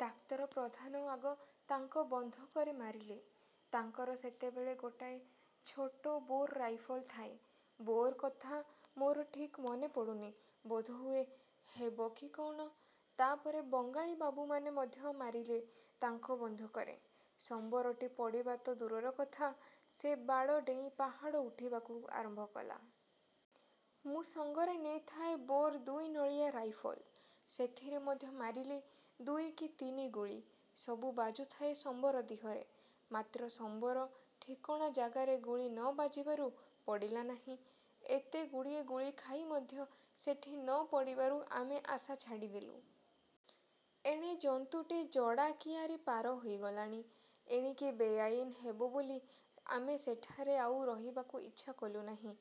ଡାକ୍ତର ପ୍ରଧାନ ଆଗ ତାଙ୍କ ବନ୍ଧୁକରେ ମାରିଲେ। ତାଙ୍କର ସେତେବେଳେ ଗୋଟାଏ ଛୋଟ ବୋର୍ର ରାଇଫଲ୍ ଥାଏ। 'ବୋର୍' କଥା ମୋର ଠିକ୍ ମନେପଡ଼ୁନି-ବୋଧହୁଏ. ହେବ କି କ'ଣ! ତା'ପରେ ବଙ୍ଗାଳି ବାବୁମାନେ ମଧ୍ୟ ମାରିଲେ ତାଙ୍କ ବନ୍ଧୁକରେ। ସମ୍ୱରଟି ପଡ଼ିବା ତ ଦୂରର କଥା-ସେ ବାଡ଼ ଡେଇଁ ପାହାଡ଼ ଉଠିବାକୁ ଆରମ୍ଭ କଲା। ମୁଁ ସଙ୍ଗରେ ନେଇଥାଏ ବୋର୍ ଦୁଇନଳିଆ ରାଇଫଲ୍। ସେଥିରେ ମଧ୍ୟ ମାରିଲି ଦୁଇ କି ତିନି ଗୁଳି। ସବୁ ବାଜୁଥାଏ ସମ୍ୱର ଦିହରେ, ମାତ୍ର ସମ୍ୱର-ଠିକଣା ଜାଗାରେ ଗୁଳି ନ ବାଜିବାରୁ ପଡ଼ିଲା ନାହିଁ। ଏତେଗୁଡ଼ିଏ ଗୁଳି ଖାଇ ମଧ୍ୟ ସେଠି ନ ପଡ଼ିବାରୁ ଆମେ ଆଶା ଛାଡ଼ିଦେଲୁ। ଏଣେ ଜନ୍ତୁଟି ଜଡ଼ା କିଆରି ପାର ହୋଇଗଲାଣି। ଏଣିକି ବେଆଇନ୍ ହେବ ବୋଲି ଆମେ ସେଠାରେ ଆଉ ରହିବାକୁ ଇଚ୍ଛା କଲୁ ନାହିଁ।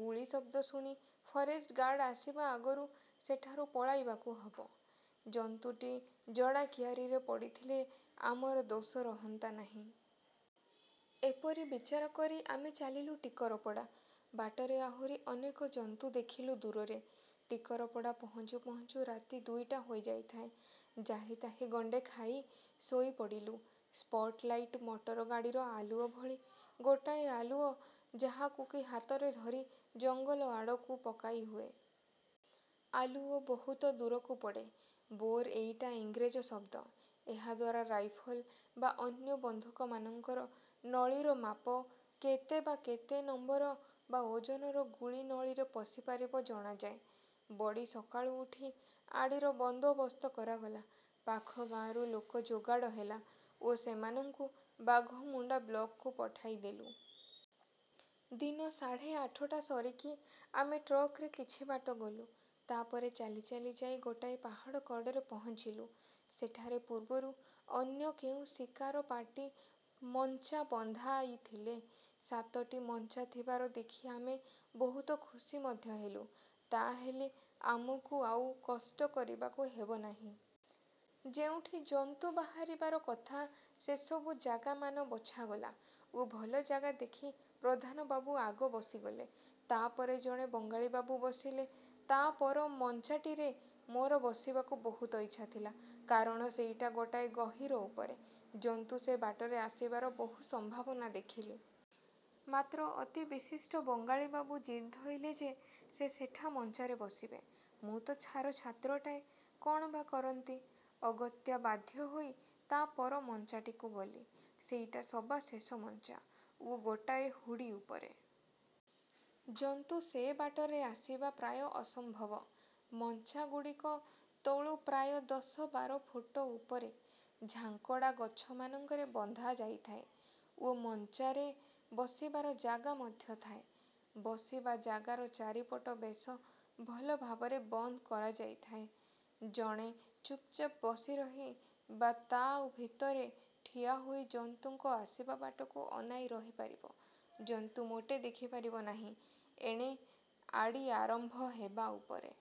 ଗୁଳି ଶବ୍ଦ ଶୁଣି ଫରେଷ୍ଟ ଗାର୍ଡ଼ ଆସିବା ଆଗରୁ ସେଠାରୁ ପଳାଇବାକୁ ହେବ। ଜନ୍ତୁଟି ଜଡ଼ା କିଆରିରେ ପଡ଼ିଥିଲେ ଆମର ଦୋଷ ରହନ୍ତା ନାହିଁ। ଏପରି ବିଚାରକରି ଆମେ ଚାଲିଲୁ ଟିକରପଡ଼ା। ବାଟରେ ଆହୁରି ଅନେକ ଜନ୍ତୁ ଦେଖିଲୁ-ଦୂରରେ। ଟିକରପଡ଼ା ପହଞ୍ଚୁ ପହଞ୍ଚୁ ରାତି ଦୁଇଟା ହୋଇଯାଇଥାଏ। ଯାହିତାହି ଗଣ୍ଡେ ଖାଇ ଶୋଇ ପଡ଼ିଲୁ। ସ୍ପଟ୍ ଲାଇଟ୍-ମଟର ଗାଡ଼ିର ଆଲୁଅ ଭଳି ଗୋଟାଏ ଆଲୁଅ ଯାହାକୁ କି ହାତରେ ଧରି ଜଙ୍ଗଲ ଆଡ଼କୁ ପକାଇହୁଏ। ଆଲୁଅ ବହୁତ ଦୂରକୁ ପଡ଼େ। ବୋର୍-ଏଇଟା ଇଂରେଜ ଶବ୍ଦ। ଏହାଦ୍ୱାରା ରାଇଫଲ ବା ଅନ୍ୟ ବନ୍ଧୁକମାନଙ୍କର ନଳିର ମାପ କେତେ ବା କେତେ ନମ୍ୱର ବା ଓଜନର ଗୁଳି ନଳିରେ ପଶିପାରିବ ଜଣାଯାଏ। ବଡ଼ି ସକାଳୁ ଉଠି ଆଡ଼ିର ବନ୍ଦୋବସ୍ତ କରାଗଲା। ପାଖ ଗାରୁ ଲୋକ ଯୋଗାଡ଼ ହେଲା ଓ ସେମାନଙ୍କୁ ବାଘମୁଣ୍ଡା ବ୍ଲକ୍କୁ ପଠାଇ ଦେଲୁ। ଦିନ ସାଢ଼େ ଆଠଟା ସରିକି ଆମେ ଟ୍ରକରେ କିଛି ବାଟ ଗଲୁ। ତା'ପରେ ଚାଲି ଚାଲି ଯାଇ ଗୋଟାଏ ପାହାଡ଼ କଡ଼ରେ ପହଞ୍ଚିଲୁ। ସେଠାରେ ପୂର୍ବରୁ ଅନ୍ୟ କେଉଁ ଶିକାର ପାର୍ଟି ମଞ୍ଚା ବନ୍ଧାଇଥିଲେ। ସାତଟି ମଞ୍ଚା ଥିବାର ଦେଖି ଆମେ ବହୁତ ଖୁସି ମଧ୍ୟ ହେଲୁ-ତା'ହେଲେ ଆମକୁ ଆଉ କଷ୍ଟ କରିବାକୁ ହେବ ନାହିଁ। ଯେଉଁଠି ଜନ୍ତୁ ବାହାରିବାର କଥା ସେସବୁ ଜାଗାମାନ ବଛାଗଲା ଓ ଭଲ ଜାଗା ଦେଖି ପ୍ରଧାନ ବାବୁ ଆଗ ବସିଗଲେ। ତା'ପରେ ଜଣେ ବଙ୍ଗାଳିବାବୁ ବସିଲେ। ତା' ପର ମଞ୍ଚାଟିରେ ମୋର ବସିବାକୁ ବହୁତ ଇଚ୍ଛା ଥିଲା, କାରଣ ସେଇଟା ଗୋଟାଏ ଗହୀର ଉପରେ। ଜନ୍ତୁ ସେ ବାଟରେ ଆସିବାର ବହୁ ସମ୍ଭାବନା ଦେଖିଲି। ମାତ୍ର ଅତି ବିଶିଷ୍ଟ ବଙ୍ଗାଳି ବାବୁ ଜିଦ୍ ଧଇଲେ ଯେ, ସେ ସେଠା ମଞ୍ଚାରେ ବସିବେ। ମୁଁ ତ ଛାର ଛାତ୍ରଟାଏ, କ'ଣ ବା କରନ୍ତି-ଅଗତ୍ୟା ବାଧ୍ୟ ହୋଇ ତା' ପର ମଞ୍ଚାଟିକୁ ଗଲି। ସେଇଟା ସବା ଶେଷ ମଞ୍ଚା ଓ ଗୋଟାଏ ହୁଡ଼ି ଉପରେ। ଜନ୍ତୁ ସେ ବାଟରେ ଆସିବା ପ୍ରାୟ ଅସମ୍ଭବ। ମଞ୍ଚାଗୁଡ଼ିକ ତଳୁ ପ୍ରାୟ ଦଶବାର ଫୁଟ ଉପରେ ଝାଙ୍କଡ଼ା ଗଛମାନଙ୍କରେ ବନ୍ଧା ଯାଇଥାଏ ଓ ମଞ୍ଚାରେ ବସିବାର ଜାଗା ମଧ୍ୟ ଥାଏ। ବସିବା ଜାଗାର ଚାରିପଟ ବେଶ ଭଲ ଭାବରେ ବନ୍ଦ କରାଯାଇଥାଏ। ଜଣେ ଚୁପ୍ଚାପ୍ ବସି ରହି ବା ତା' ଭିତରେ ଠିଆ ହୋଇ ଜନ୍ତୁଙ୍କ ଆସିବା ବାଟକୁ ଅନାଇ ରହିପାରିବ-ଜନ୍ତୁ ମୋଟେ ଦେଖି ପାରିବ ନାହିଁ। ଏଣେ ଆଡ଼ି ଆରମ୍ଭ ହେବା ଉପରେ।